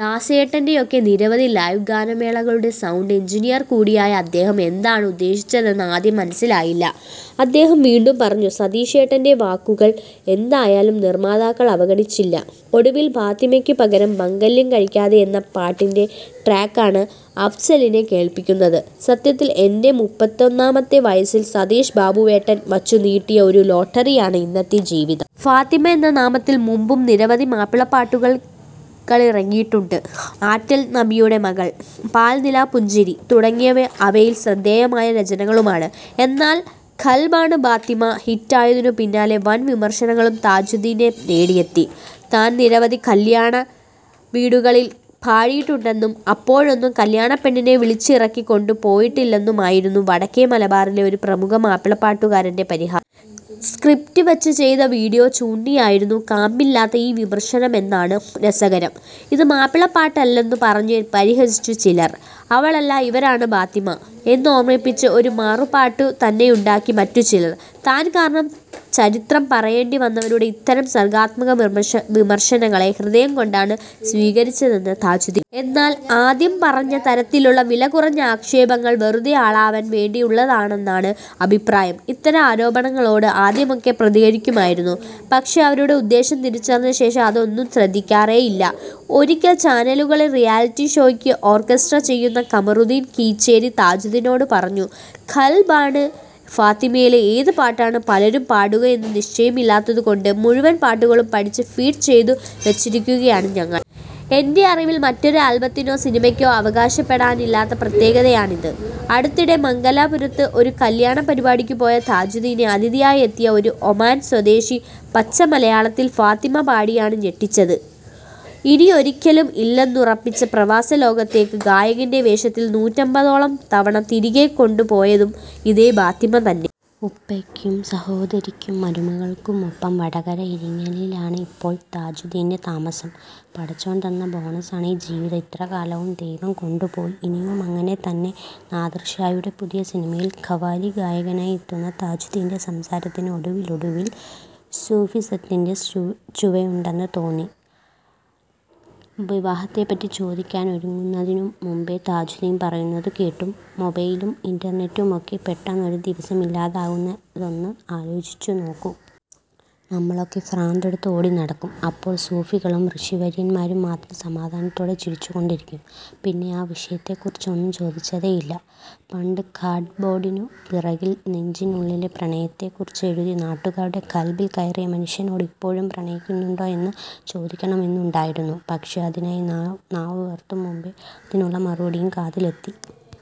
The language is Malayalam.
ദാസേട്ടൻറെയൊക്കെ നിരവധി ലൈവ് ഗാനമേളകളുടെ സൌണ്ട് എഞ്ചിനീയർ കൂടിയായ അദ്ദേഹം എന്താണ് ഉദ്ദേശിച്ചതെന്ന് ആദ്യം മനസിലായില്ല. അദ്ദേഹം വീണ്ടും പറഞ്ഞു. സതീഷേട്ടൻറെ വാക്കുകൾ എന്തായാലും നിർമ്മാതാക്കൾ അവഗണിച്ചില്ല. ഒടുവിൽ ഫാത്തിമയ്ക്കു പകരം ' മംഗല്യം കഴിക്കാതെ ' എന്ന പാട്ടിൻറെ ട്രാക്കാണ് അഫ്സലിനെ കേൾപ്പിക്കുന്നത്. " സത്യത്തിൽ എൻറെ മുപ്പിത്തൊന്നാമത്തെ വയസിൽ സതീഷ് ബാബുവേട്ടൻ വച്ചു നീട്ടിയ ഒരു ലോട്ടറിയാണ് ഇന്നത്തെ ജീവിതം! " ഫാത്തിമ എന്ന നാമത്തിൽ മുമ്പും നിരവധി മാപ്പിളപ്പാട്ടുകളിറങ്ങിയിട്ടുണ്ട്. ' ആറ്റൽ നബിയുടെ മകൾ ',' പാൽനിലാപ്പുഞ്ചിരി ' തുടങ്ങിയവ അവയിൽ ശ്രദ്ധേയമായ രചനകളുമാണ്. എന്നാൽ ' ഖൽബാണ് ഫാത്തിമ ' ഹിറ്റായതിനു പിന്നാലെ വൻ വിമർശനങ്ങളും താജുദ്ദീനെ തേടിയെത്തി. താൻ നിരവധി കല്ല്യാണ വീടുകളിൽ പാടിയിട്ടുണ്ടെന്നും അപ്പോഴൊന്നും കല്യാണപ്പെണ്ണിനെ വിളിച്ചിറക്കി കൊണ്ടു പോയിട്ടില്ലെന്നുമായിരുന്നു വടക്കേ മലബാറിലെ ഒരു പ്രമുഖ മാപ്പിളപ്പാട്ടുകാരൻറെ പരിഹാസം. സ്ക്രിപ്റ്റ് വച്ച് ചെയ്ത വീഡിയോ ചൂണ്ടിയായിരുന്നു കാമ്പില്ലാത്ത ഈ വിമർശനമന്നതാണ് രസകരം. ഇത് മാപ്പിളപ്പാട്ടല്ലെന്നു പറഞ്ഞ് പരിഹസിച്ചു ചിലർ. ' അവളല്ല ഇവരാണ് ഫാത്തിമ ' എന്നോർമ്മിപ്പിച്ച് ഒരു മറുപാട്ടു തന്നെയുണ്ടാക്കി മറ്റുചിലർ. താൻ കാരണം ചരിത്രം പറയേണ്ടി വന്നവരുടെ ഇത്തരം സർഗ്ഗാത്മക വിമർശനങ്ങളെ ഹൃദയം കൊണ്ടാണ് സ്വീകരിച്ചതെന്ന് താജുദ്ദീൻ പറയും. എന്നാൽ ആദ്യം പറഞ്ഞ തരത്തിലുള്ള വിലകുറഞ്ഞ ആക്ഷേപങ്ങൾ വെറുതെ ആളാവാൻ വേണ്ടിയുള്ളതാണെന്നാണ് അഭിപ്രായം. ഇത്തരം ആരോപണങ്ങളോട് ആദ്യമൊക്കെ പ്രതികരിക്കുമായിരുന്നു. പക്ഷേ അവരുടെ ഉദ്ദേശം തിരിച്ചറിഞ്ഞ ശേഷം അതൊന്നും ശ്രദ്ധിക്കാറേയില്ല. ഒരിക്കൽ ചാനലുകളിൽ റിയാലിറ്റി ഷോയ്ക്ക് ഓർക്കസ്ട്ര ചെയ്യുന്ന കമറുദ്ദീൻ കീച്ചേരി താജുദ്ദീനോടു പറഞ്ഞുഃ " ഖൽബാണ് ഫാത്തിമയിലെ ഏത് പാട്ടാണ് പലരും പാടുക എന്ന് നിശ്ചയമില്ലാത്തതു കൊണ്ട് മുഴുവൻ പാട്ടുകളും പഠിച്ച് ഫീഡ് ചെയ്തു വച്ചിരിക്കുകയാണ് ഞങ്ങൾ. എൻറെ അറിവിൽ മറ്റൊരു ആൽബത്തിനോ സിനിമയ്ക്കോ അവകാശപ്പെടാനില്ലാത്ത പ്രത്യേകതയാണിത്..! " അടുത്തിടെ മംഗലാപുരത്ത് ഒരു കല്യാണപ്പരിപാടിക്കു പോയ താജുദ്ദീനെ അതിഥിയായെത്തിയ ഒരു ഒമാൻ സ്വദേശി പച്ചമലയാളത്തിൽ ഫാത്തിമ പാടിയാണ് ഞെട്ടിച്ചത്. ഇനിയൊരിക്കലും ഇല്ലെന്നുറപ്പിച്ച പ്രവാസ ലോകത്തേക്ക് ഗായകൻറെ വേഷത്തിൽ നൂറ്റമ്പതോളം തവണ തിരികെക്കൊണ്ടു പോയതും ഇതേ ഫാത്തിമ തന്നെ. ഉപ്പയ്ക്കും സഹോദരിക്കും മരുമക്കൾക്കുമൊപ്പം വടകര ഇരിങ്ങലിലാണ് ഇപ്പോൾ താജുദ്ദീൻറെ താമസം. " പടച്ചോൻ തന്ന ബോണസാണ് ഈ ജീവിതം, ഇത്രകാലവും ദൈവം കൊണ്ടുപോയി, ഇനിയുമങ്ങനെ തന്നെ " നാദിർഷായുടെ പുതിയ സിനിമയിൽ ഖവാലി ഗായകനായി എത്തുന്ന താജുദ്ദീൻറെ സംസാരത്തിനു ഒടുവിലൊടുവിൽ സൂഫിസത്തിൻറെ ചുവയുണ്ടെന്ന് തോന്നി. വിവാഹത്തെപ്പറ്റി ചോദിക്കാനൊരുങ്ങുന്നതിനു മുമ്പേ താജുദ്ദീൻ പറയുന്നതുകേട്ടുഃ " മൊബൈലും ഇൻറർനെറ്റുമൊക്കെ പെട്ടെന്നൊരു ദിവസം ഇല്ലാതാകുന്നതൊന്ന് ആലോചിച്ചു നോക്കൂ. നമ്മളൊക്കെ ഭ്രാന്തെടുത്ത് ഓടി നടക്കും. അപ്പോൾ സൂഫികളും ഋഷിവര്യന്മാരും മാത്രം സമാധാനത്തോടെ ചിരിച്ചുകൊണ്ടിരിക്കും ". പിന്നെ ആ വിഷയത്തെക്കുറിച്ചൊന്നും ചോദിച്ചതേയില്ല. പണ്ട് കാർഡ്ബോഡിനു പിറകിൽ നെഞ്ചിനുള്ളിലെ പ്രണയത്തെക്കുറിച്ചെഴുതി നാട്ടുകാരുടെ ഖൽബിൽ കയറിയ മനുഷ്യനോട് ഇപ്പോഴും പ്രണയിക്കുന്നുണ്ടോ എന്ന് ചോദിക്കണമെന്നുണ്ടായിരുന്നു. പക്ഷേ അതിനായി നാവുയർത്തും മുമ്പേ അതിനുള്ള മറുപടിയും കാതിലെത്തി.